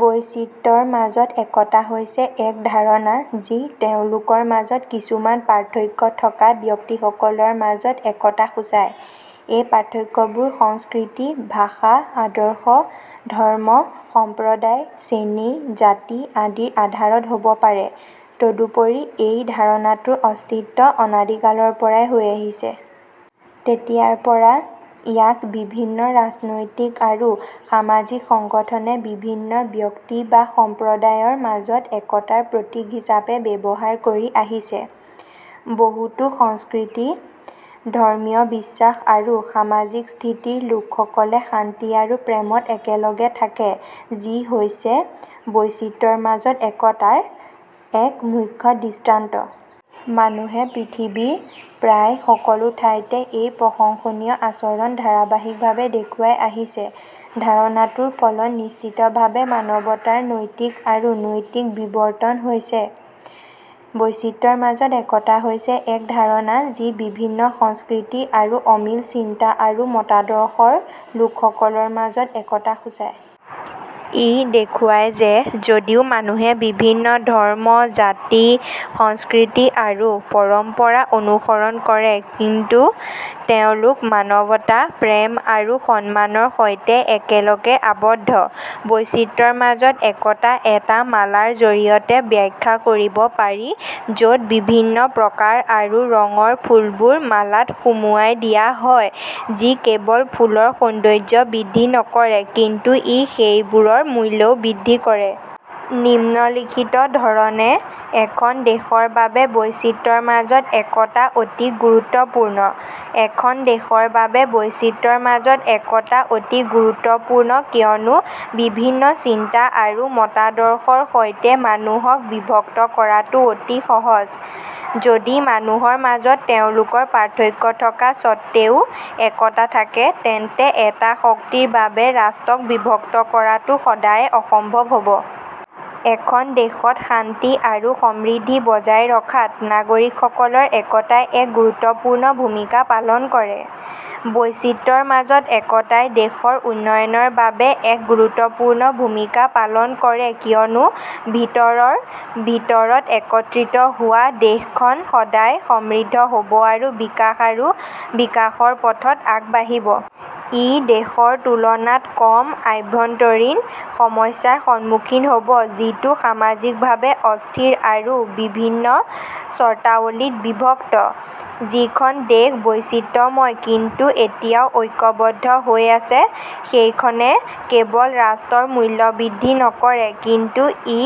বৈচিত্ৰ্যৰ মাজত একতা হৈছে এক ধাৰণা যি তেওঁলোকৰ মাজত কিছুমান পাৰ্থক্য থকা ব্যক্তিসকলৰ মাজত একতা সূচায়। এই পাৰ্থক্যবোৰ সংস্কৃতি, ভাষা, আদৰ্শ, ধৰ্ম, সম্প্ৰদায়, শ্ৰেণী, জাতি আদিৰ আধাৰত হ'ব পাৰে। তদুপৰি, এই ধাৰণাটোৰ অস্তিত্ব অনাদিকালৰ পৰাই হৈ আহিছে। তেতিয়াৰ পৰা, ইয়াক বিভিন্ন ৰাজনৈতিক আৰু সামাজিক সংগঠনে বিভিন্ন ব্যক্তি বা সম্প্ৰদায়ৰ মাজত একতাৰ প্ৰতীক হিচাপে ব্যৱহাৰ কৰি আহিছে। বহুতো সংস্কৃতি, ধৰ্ম্মীয় বিশ্বাস আৰু সামাজিক স্থিতিৰ লোকসকলে শান্তি আৰু প্ৰেমত একেলগে থাকে, যি হৈছে "বৈচিত্ৰ্যৰ মাজত একতা"ৰ এক মুখ্য দৃষ্টান্ত। মানুহে পৃথিৱীৰ প্ৰায় সকলো ঠাইতে এই প্ৰশংসনীয় আচৰণ ধাৰাবাহিকভাৱে দেখুৱাই আহিছে। ধাৰণাটোৰ ফলত নিশ্চিতভাৱে মানৱতাৰ নৈতিক আৰু নৈতিক বিৱৰ্তন হৈছে। বৈচিত্ৰ্যৰ মাজত একতা হৈছে এক ধাৰণা যি বিভিন্ন সংস্কৃতি আৰু অমিল চিন্তা আৰু মতাদৰ্শৰ লোকসকলৰ মাজত একতা সূচায়। ই দেখুৱায় যে যদিও মানুহে বিভিন্ন ধৰ্ম, জাতি, সংস্কৃতি আৰু পৰম্পৰা অনুসৰণ কৰে কিন্তু তেওঁলোক মানৱতা, প্ৰেম আৰু সন্মানৰ সৈতে একেলগে আবদ্ধ। বৈচিত্ৰ্যৰ মাজত একতা এটা মালাৰ জৰিয়তে ব্যাখ্যা কৰিব পাৰি য'ত বিভিন্ন প্ৰকাৰ আৰু ৰঙৰ ফুলবোৰ মালাত সুমুৱাই দিয়া হয় যি কেৱল ফুলৰ সৌন্দৰ্য বৃদ্ধি নকৰে কিন্তু ই সেইবোৰৰ মূল্যও বৃদ্ধি কৰে। নিম্নলিখিত ধৰণে এখন দেশৰ বাবে বৈচিত্ৰ্যৰ মাজত একতা অতি গুৰুত্বপূৰ্ণ: এখন দেশৰ বাবে বৈচিত্ৰ্যৰ মাজত একতা অতি গুৰুত্বপূৰ্ণ কিয়নো বিভিন্ন চিন্তা আৰু মতাদৰ্শৰ সৈতে মানুহক বিভক্ত কৰাটো অতি সহজ। যদি মানুহৰ মাজত তেওঁলোকৰ পাৰ্থক্য থকা স্বত্বেও একতা থাকে, তেন্তে এটা শক্তিৰ বাবে ৰাষ্ট্ৰক বিভক্ত কৰাটো সদায়ে অসম্ভৱ হ'ব। এখন দেশত শান্তি আৰু সমৃদ্ধি বজাই ৰখাত নাগৰিকসকলৰ একতাই এক গুৰুত্বপূৰ্ণ ভূমিকা পালন কৰে। বৈচিত্ৰ্যৰ মাজত একতাই দেশৰ উন্নয়নৰ বাবে এক গুৰুত্বপূৰ্ণ ভূমিকা পালন কৰে কিয়নো ভিতৰৰ ভিতৰত একত্ৰিত হোৱা দেশখন সদায় সমৃদ্ধ হ'ব আৰু বিকাশ আৰু বিকাশৰ পথত আগবাঢ়িব। ই দেশৰ তুলনাত কম আভ্যন্তৰীণ সমস্যাৰ সন্মুখীন হ'ব যিটো সামাজিকভাৱে অস্থিৰ আৰু বিভিন্ন চৰ্তাৱলীত বিভক্ত। যিখন দেশ বৈচিত্ৰময় কিন্তু এতিয়াও ঐক্যবদ্ধ হৈ আছে সেইখনে কেৱল ৰাষ্ট্ৰৰ মূল্য বৃদ্ধি নকৰে কিন্তু ই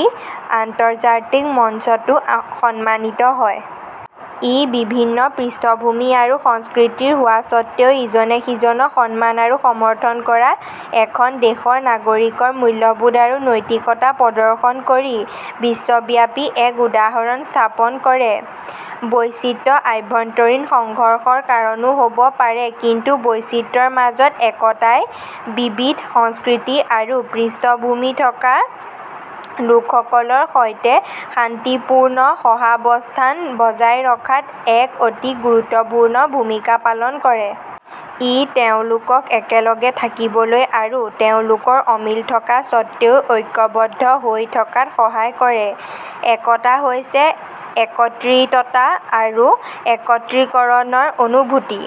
আন্তৰ্জাতিক মঞ্চতো সন্মানিত হয়। ই বিভিন্ন পৃষ্ঠভূমি আৰু সংস্কৃতিৰ হোৱা স্বত্বেও ইজনে সিজনক সন্মান আৰু সমৰ্থন কৰা এখন দেশৰ নাগৰিকৰ মূল্যবোধ আৰু নৈতিকতা প্ৰদৰ্শন কৰি বিশ্বব্যাপী এক উদাহৰণ স্থাপন কৰে। বৈচিত্ৰ্য আভ্যন্তৰীণ সংঘৰ্ষৰ কাৰণো হ'ব পাৰে কিন্তু বৈচিত্ৰ্যৰ মাজত একতাই বিবিধ সংস্কৃতি আৰু পৃষ্ঠভূমিথকা লোকসকলৰ সৈতে শান্তিপূৰ্ণ সহাবস্থান বজাই ৰখাত এক অতি গুৰুত্বপূৰ্ণ ভূমিকা পালন কৰে। ই তেওঁলোকক একেলগে থাকিবলৈ আৰু তেওঁলোকৰ অমিল থকা স্বত্বেও ঐক্যবদ্ধ হৈ থকাত সহায় কৰে। একতা হৈছে একত্ৰিততা আৰু একত্ৰীকৰণৰ অনুভূতি।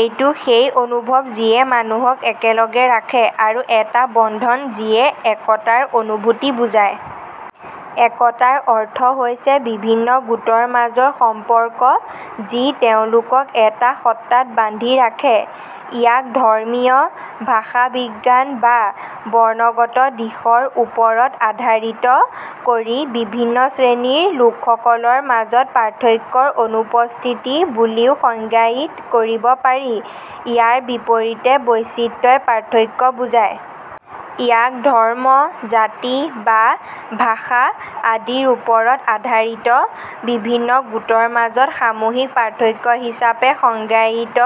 এইটো সেই অনুভৱ যিয়ে মানুহক একেলগে ৰাখে আৰু এটা বন্ধন যিয়ে একতাৰ অনুভূতি বুজায়। একতাৰ অৰ্থ হৈছে বিভিন্ন গোটৰ মাজৰ সম্পৰ্ক যি তেওঁলোকক এটা সত্তাত বান্ধি ৰাখে। ইয়াক ধৰ্মীয়, ভাষাবিজ্ঞান বা বৰ্ণগত দিশৰ ওপৰত আধাৰিত কৰি বিভিন্ন শ্ৰেণীৰ লোকসকলৰ মাজত পাৰ্থক্যৰ অনুপস্থিতি বুলিও সংজ্ঞায়িত কৰিব পাৰি। ইয়াৰ বিপৰীতে, বৈচিত্ৰ্যই পাৰ্থক্য বুজায়। ইয়াক ধৰ্ম, জাতি বা ভাষা আদিৰ ওপৰত আধাৰিত বিভিন্ন গোটৰ মাজত সামূহিক পাৰ্থক্য হিচাপে সংজ্ঞায়িত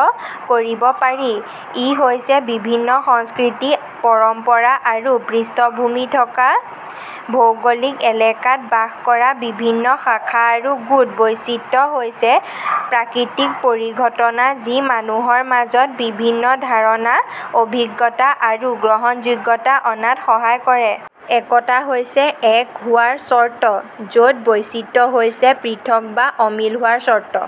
কৰিব পাৰি। ই হৈছে বিভিন্ন সংস্কৃতি, পৰম্পৰা আৰু পৃষ্ঠভূমিথকা ভৌগোলিক এলেকাত বাস কৰা বিভিন্ন শাখা আৰু গোট। বৈচিত্ৰ্য হৈছে প্ৰাকৃতিক পৰিঘটনা যি মানুহৰ মাজত বিভিন্ন ধাৰণা, অভিজ্ঞতা আৰু গ্ৰহণযোগ্যতা অনাত সহায় কৰে। একতা হৈছে এক হোৱাৰ চৰ্ত য'ত বৈচিত্ৰ্য হৈছে পৃথক বা অমিল হোৱাৰ চৰ্ত।